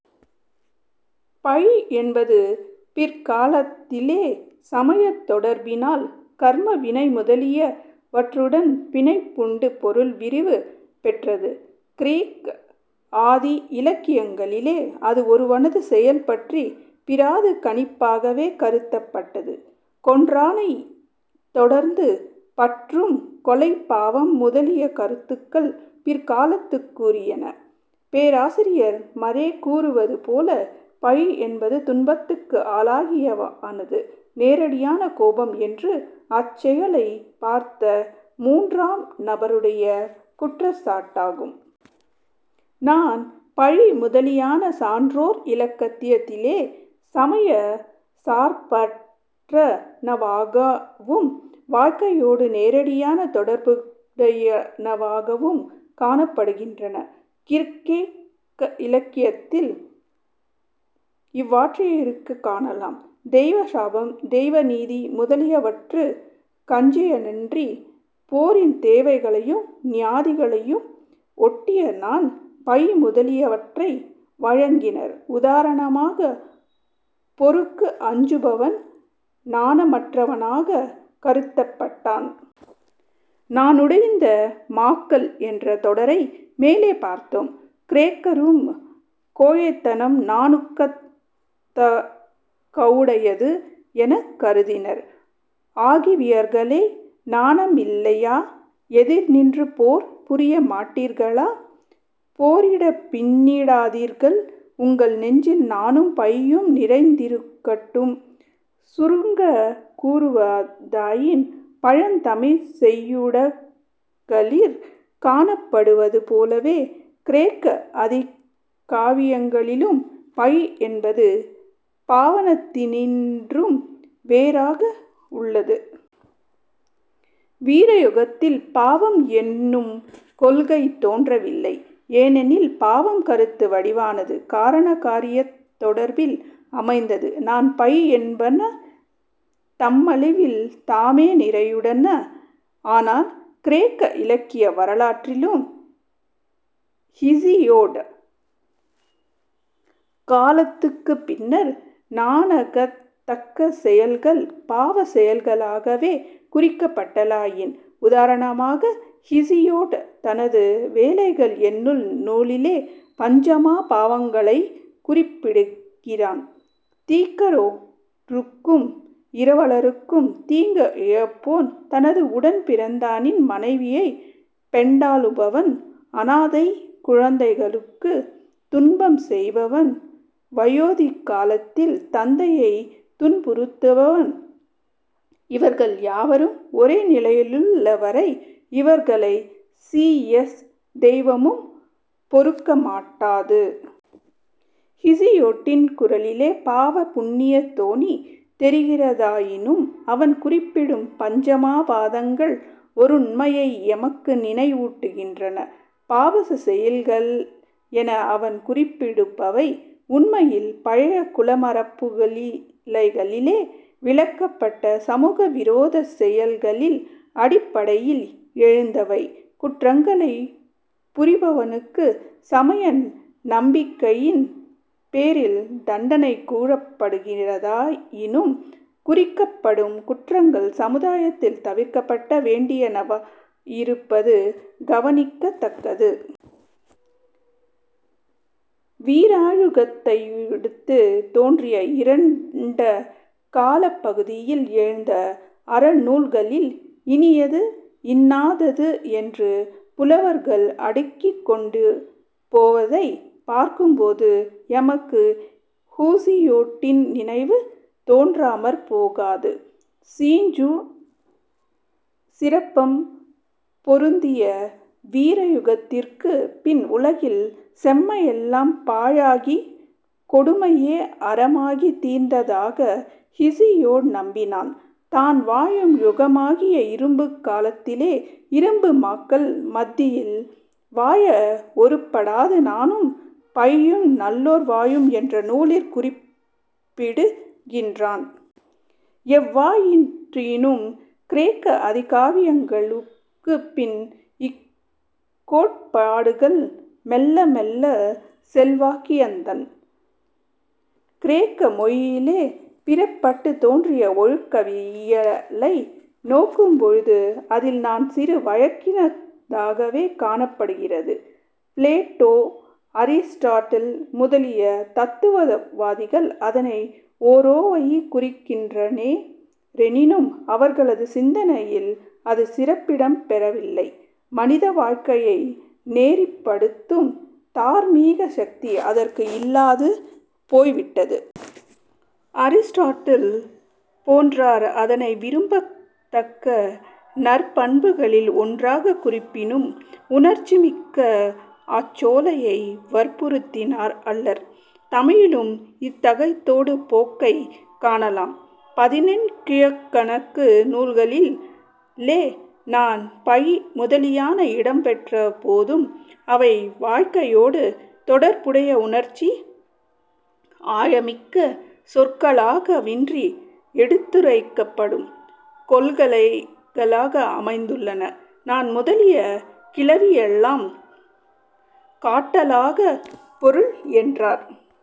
பழி என்பது பிற்காலத்திலே சமயத் தொடர்பினால், கர்ம வினை முதலியவற்றுடன் பிணைப்புண்டு பொருள் விரிவு பெற்றது. கிரேக்க ஆதி இலக்கியங்களிலே அது ஒருவனது செயல் பற்றிப் பிறரது கணிப்பாகவே கருதப்பட்டது. கொன்றானைத் தொடர்ந்து பற்றும் கொலைப் பாவம் முதலிய கருத்துகள் பிற்காலத்துக்குரியன. பேராசிரியர் மறே கூறுவது போல "பழி என்பது துன்பத்துக்கு ஆளாகியவனது நேரடியான கோபம் அன்று; அச்செயலைப் பார்த்த மூன்றாம் நபருடைய குற்றச் சாட்டாகும். " நாண், பழி முதலியன சான்றோர் இலக்கியத்திலே சமயச் சார்பற்றனவாகவும் வாழ்க்கையோடு நேரடியான தொடர்புடையனவாகவும் காணப்படுகின்றன. கிரேக்க இலக்கியத்திலும் இவ்வாறேயிருக்கக் காணலாம். தெய்வ சாபம், தெய்வ நீதி முதலியவற்றுக் கஞ்சியன்றி, போரின் தேவைகளையும் நியதிகளையும் ஒட்டியே நாண், பழி முதலியவற்றை வழங்கினர். உதாரணமாக, போருக்கு அஞ்சுபவன் நாணமற்றவனாகக் கருதப்பட்டான். 'நாணுடைந்த மாக்கள்' என்ற தொடரை மேலே பார்த்தோம். கிரேக்கரும் கோழைத்தனம் நாணுத்தகவுடையது எனக் கருதினர். "ஆகிவியர்களே நாணமில்லையா? எதிர் நின்று போர் புரிய மாட்டீர்களா? " "போரிடப் பின்னிடாதீர்கள் உங்கள் நெஞ்சில் நாணும் பழியும் நிறைந்திருக்கட்டும்" சுருங்கக் கூறுவதாயின், பழந்தமிழ்ச் செய்யுட்களிற் காணப்படுவதுபோலவே கிரேக்க ஆதிகாவியங்களிலும் பழி என்பது பாவனத்தினின்றும் வேறாக உள்ளது. வீரயுகத்தில் பாவம் என்னும் கொள்கை தோன்றவில்லை. ஏனெனில் பாவம் கருத்து வடிவானது; காரணகாரியத் தொடர்பில் அமைந்தது. நாண், பழி என்பன தம்மளவில் தாமே நிறையுடையன, ஆனால் கிரேக்க இலக்கிய வரலாற்றிலும் ஹீசியொட் காலத்துக்குப் பின்னர், நாணத்தக்க செயல்கள் பாவச் செயல்களாகவே குறிக்கப்படலாயின. உதாரணமாக ஹீசியொட் தனது வேலைகள் என்னும் நூலிலே பஞ்சமா பாவங்களைக் குறிப்பிடுகிறான்: "திக்கற்றோருக்கும் இரவலருக்கும் தீங்கு இழைப்போன்; தனது உடன் பிறந்தானின் மனைவியைப் பெண்டாளுபவன் " "அனாதைக் குழந்தைகளுக்குத் துன்பம் செய்பவன்;" "வயோதிக காலத்தில் தந்தையைத் துன்புறுத்துபவன்; இவர்கள் யாவரும் ஒரே நிலையிலுள்ளவரே, இவர்களைச் சீயஸ் தெய்வமும் பொறுக்கமாட்டாது. " ஹீசியொட்டின் குரலிலே பாவ, புண்ணிய தொனி தெரிகிறதாயினும், அவன் குறிப்பிடும் பஞ்சமா பாதங்கள் ஒருண்மையை எமக்கு நினைவூட்டுகின்றன. பாபச் செயல்கள் என அவன் குறிப்பிடுபவை, உண்மையில் பழைய குலமரபுக்கிளைகளிலே விலக்கப்பட்ட 'சமூக விரோத'ச் செயல்களின் அடிப்படையில் எழுந்தவை. குற்றங்களைப் புரிபவனுக்குச் சமய நம்பிக்கையின் பேரில் தண்டனை கூறப்படுகிறதாயினும், குறிக்கப்படும் குற்றங்கள் சமுதாயத்தில் தவிர்க்கப்பட வேண்டியனவாயிருப்பது கவனிக்கத் தக்கது. வீரயுகத்தையடுத்து தோன்றிய "இருண்ட காலப் பகுதி"யில் எழுந்த அறநூல்களில், இனியது, இன்னாதது என்று புலவர்கள் அடுக்கிக் கொண்டுபோவதைப் பார்க்கும்போது, எமக்கு ஹூசியொட்டின் நினைவு தோன்றாமற் போகாது. சீருஞ் சிறப்பும் பொருந்திய வீரயுகத்திற்குப் பின் உலகில் 'செம்மையெல்லாம் பாழாகிக் கொடுமையே அறமாகித் தீர்ந்த'தாக ஹீசியொட் நம்பினான். தான் வாழும் யுகமாகிய இரும்புக் காலத்திலே இரும்பு மாக்கள் மத்தியில் வாழ ஒருப்படாது நாணும் பழியும் நல்லோர் வாழும் என்ற நூலிற் குறிப்பிடுகின்றான். எவ்வாறாயினும் கிரேக்க ஆதிகாவியங்களுக்குப்பின் இக்கோட்பாடுகள் மெல்ல மெல்லச் செல்வாக்கிழந்தன. கிரேக்க மொழியிலே பிற்பட்டுத் தோன்றிய ஒழுக்கவியலை நோக்கும்பொழுது அதில் நாண் சிறு வழக்கினதாகவே காணப்படுகிறது. பிளேட்டோ, அரிஸ்டோட்டில் முதலிய தத்துவவாதிகள் அதனை ஒரோவழி குறிக்கின்றனரெனினும், அவர்களது சிந்தனையில் அது சிறப்பிடம் பெறவில்லை. மனிதவாழ்க்கையை நெறிப்படுத்தும் தார்மீக சக்தி அதற்கு இல்லாது போய்விட்டது. அரிஸ்டோட்டில் போன்றோர் அதனை விரும்பத்தக்க நற்பண்புகளில் ஒன்றாகக் குறிப்பினும், உணர்ச்சிமிக்க அச்சொல்லை வற்புறுத்தினார் அல்லர். தமிழிலும் இத்தகையதொரு போக்கைக் காணலாம். பதினெண் கீழ்க்கணக்கு நூல்களிலே நாண், பழி முதலியன இடம்பெற்றபோதும், அவை வாழ்க்கையோடு தொடர்புடைய உணர்ச்சி ஆழமிக்க சொற்களாகவன்றி எடுத்துரைக்கப்படும் கொள்கைகளாக அமைந்துள்ளன. நாண் முதலிய "கிளவியெல்லாம் காட்டலாகப் பொருள்" என்றார்